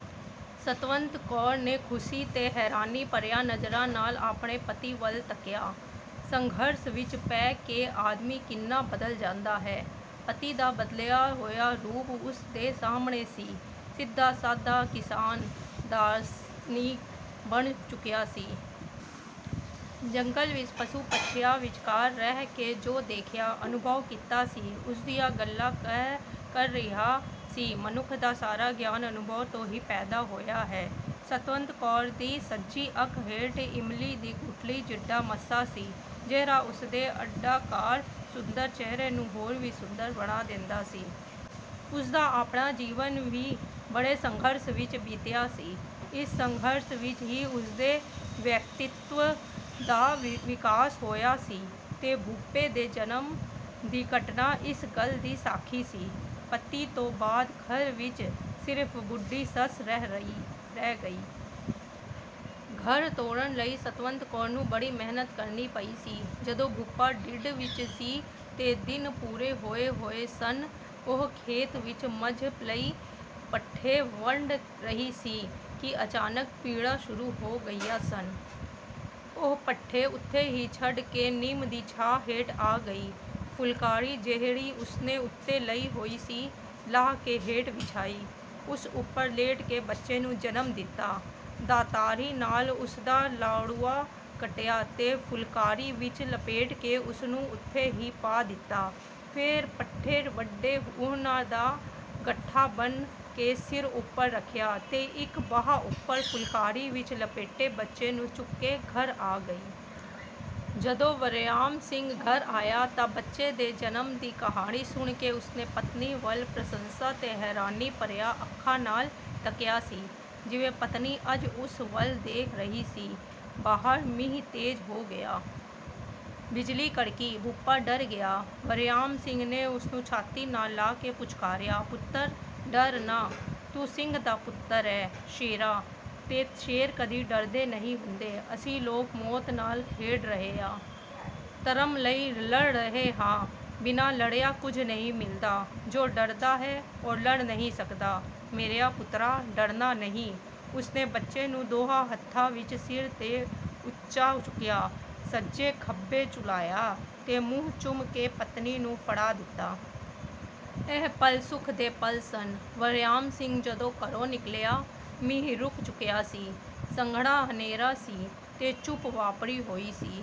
ਸਤਵੰਤ ਕੌਰ ਨੇ ਖੁਸ਼ੀ ਤੇ ਹੈਰਾਨੀ ਭਰੀਆਂ ਨਜ਼ਰਾਂ ਨਾਲ ਆਪਣੇ ਪਤੀ ਵੱਲ ਤੱਕਿਆ। ਸੰਘਰਸ਼ ਵਿੱਚ ਪੈ ਕੇ ਆਦਮੀ ਕਿੰਨਾ ਬਦਲ ਜਾਂਦਾ ਹੈ! ਪਤੀ ਦਾ ਬਦਲਿਆ ਹੋਇਆ ਰੂਪ ਉਸ ਦੇ ਸਾਹਮਣੇ ਸੀ। ਸਿੱਧਾ-ਸਾਦਾ ਕਿਸਾਨ ਦਾਰਸ਼ਨੀਕ ਬਣ ਚੁੱਕਿਆ ਸੀ। ਜੰਗਲ ਵਿੱਚ ਪਸ਼ੂ-ਪੰਛੀਆਂ ਵਿਚਕਾਰ ਰਹਿ ਕੇ ਜੋ ਦੇਖਿਆ, ਅਨੁਭਵ ਕੀਤਾ ਸੀ, ਉਸਦੀਆਂ ਗੱਲਾਂ ਕਰ ਰਿਹਾ ਸੀ। ਮਨੁੱਖ ਦਾ ਸਾਰਾ ਗਿਆਨ ਅਨੁਭਵ ਤੋਂ ਹੀ ਪੈਦਾ ਹੋਇਆ ਹੈ। ਸਤਵੰਤ ਕੌਰ ਦੀ ਸੱਜੀ ਅੱਖ ਹੇਠ ਇਮਲੀ ਦੀ ਗੁਠਲੀ ਜਿੱਡਾ ਮੱਸਾ ਸੀ, ਜਿਹੜਾ ਉਸਦੇ ਅੰਡਾ-ਕਾਰ ਸੁੰਦਰ ਚਿਹਰੇ ਨੂੰ ਹੋਰ ਵੀ ਸੁੰਦਰ ਬਣਾ ਦਿੰਦਾ ਸੀ। ਉਸਦਾ ਆਪਣਾ ਜੀਵਨ ਵੀ ਬੜੇ ਸੰਘਰਸ਼ ਵਿੱਚ ਬੀਤਿਆ ਸੀ। ਇਸ ਸੰਘਰਸ਼ ਵਿੱਚ ਹੀ ਉਸਦੇ ਵਿਅਕਤੀਤਵ ਦਾ ਵਿਕਾਸ ਹੋਇਆ ਸੀ ਤੇ ਭੂਪੇ ਦੇ ਜਨਮ ਦੀ ਘਟਨਾ ਇਸ ਗੱਲ ਦੀ ਸਾਖੀ ਸੀ। ਪਤੀ ਤੋਂ ਬਾਅਦ ਘਰ ਵਿੱਚ ਸਿਰਫ ਬੁੱਢੀ ਸੱਸ ਰਹਿ ਗਈ। ਘਰ ਤੋਰਨ ਲਈ ਸਤਵੰਤ ਕੌਰ ਨੂੰ ਬੜੀ ਮਿਹਨਤ ਕਰਨੀ ਪਈ ਸੀ। ਜਦੋਂ ਭੂਪਾ ਢਿੱਡ ਵਿੱਚ ਸੀ ਤੇ ਦਿਨ ਪੂਰੇ ਹੋਏ ਹੋਏ ਸਨ, ਉਹ ਖੇਤ ਵਿੱਚ ਮੱਝ ਲਈ ਪੱਠੇ ਵੱਢ ਰਹੀ ਸੀ ਕਿ ਅਚਾਨਕ ਪੀੜਾਂ ਸ਼ੁਰੂ ਹੋ ਗਈਆਂ ਸਨ। ਉਹ ਪੱਠੇ ਉੱਥੇ ਹੀ ਛੱਡ ਕੇ ਨਿੰਮ ਦੀ ਛਾਂ ਹੇਠ ਆ ਗਈ। ਫੁਲਕਾਰੀ, ਜਿਹੜੀ ਉਸਨੇ ਉੱਤੇ ਲਈ ਹੋਈ ਸੀ, ਲਾਹ ਕੇ ਹੇਠਾਂ ਵਿਛਾਈ। ਉਸ ਉੱਪਰ ਲੇਟ ਕੇ ਬੱਚੇ ਨੂੰ ਜਨਮ ਦਿੱਤਾ, ਦਾਤਰੀ ਨਾਲ ਉਸਦਾ ਨਾੜੂਆ ਕੱਟਿਆ ਤੇ ਫੁਲਕਾਰੀ ਵਿੱਚ ਲਪੇਟ ਕੇ ਉਸਨੂੰ ਉੱਥੇ ਹੀ ਪਾ ਦਿੱਤਾ, ਫੇਰ ਪੱਠੇ ਵੱਢੇ, ਉਹਨਾਂ ਦਾ ਗੱਠਾ ਬੰਨ੍ਹ ਕੇ ਸਿਰ ਉੱਪਰ ਰੱਖਿਆ ਤੇ ਇੱਕ ਬਾਂਹ ਉੱਪਰ ਫੁਲਕਾਰੀ ਵਿੱਚ ਲਪੇਟੇ ਬੱਚੇ ਨੂੰ ਚੁੱਕ ਕੇ ਘਰ ਆ ਗਈ। ਜਦੋਂ ਵਰਿਆਮ ਸਿੰਘ ਘਰ ਆਇਆ ਤਾਂ ਬੱਚੇ ਦੇ ਜਨਮ ਦੀ ਕਹਾਣੀ ਸੁਣ ਕੇ ਉਸਨੇ ਪਤਨੀ ਵੱਲ ਪ੍ਰਸ਼ੰਸਾ ਤੇ ਹੈਰਾਨੀ ਭਰੀਆਂ ਅੱਖਾਂ ਨਾਲ ਤੱਕਿਆ ਸੀ, ਜਿਵੇਂ ਪਤਨੀ ਅੱਜ ਉਸ ਵੱਲ ਦੇਖ ਰਹੀ ਸੀ। ਬਾਹਰ ਮੀਂਹ ਤੇਜ਼ ਹੋ ਗਿਆ। ਬਿਜਲੀ ਕੜਕੀ। ਭੂਪਾ ਡਰ ਗਿਆ। ਵਰਿਆਮ ਸਿੰਘ ਨੇ ਉਸਨੂੰ ਛਾਤੀ ਨਾਲ ਲਾ ਕੇ ਪੁਚਕਾਰਿਆ, "ਪੁੱਤਰ ਡਰ ਨਾ। ਤੂੰ ਸਿੰਘ ਦਾ ਪੁੱਤਰ ਏਂ ਸ਼ੇਰਾ, ਤੇ ਸ਼ੇਰ ਕਦੀ ਡਰਦੇ ਨਹੀਂ ਹੁੰਦੇ। ਅਸੀਂ ਲੋਕ ਮੌਤ ਨਾਲ ਖੇਡ ਰਹੇ ਆਂ। ਧਰਮ ਲਈ ਲੜ ਰਹੇ ਹਾਂ। ਬਿਨਾਂ ਲੜਿਆਂ ਕੁਝ ਨਹੀਂ ਮਿਲਦਾ। ਜੋ ਡਰਦਾ ਏ, ਉਹ ਲੜ ਨਹੀਂ ਸਕਦਾ। ਮੇਰਿਆ ਪੁੱਤਰਾ, ਡਰਨਾ ਨਹੀਂ।" ਉਸਨੇ ਬੱਚੇ ਨੂੰ ਦੋਹਾਂ ਹੱਥਾਂ ਵਿੱਚ ਸਿਰ ਤੋਂ ਉੱਚਾ ਚੁੱਕਿਆ, ਸੱਜੇ-ਖੱਬੇ ਝੁਲਾਇਆ ਤੇ ਮੂੰਹ ਚੁੰਮ ਕੇ ਪਤਨੀ ਨੂੰ ਫੜਾ ਦਿੱਤਾ। ਇਹ ਪਲ ਸੁਖ ਦੇ ਪਲ ਸਨ। ਵਰਿਆਮ ਸਿੰਘ ਜਦੋਂ ਘਰੋਂ ਨਿਕਲਿਆ, ਮੀਂਹ ਰੁਕ ਚੁੱਕਿਆ ਸੀ। ਸੰਘਣਾ ਹਨੇਰ ਸੀ ਤੇ ਚੁੱਪ ਵਾਪਰੀ ਹੋਈ ਸੀ।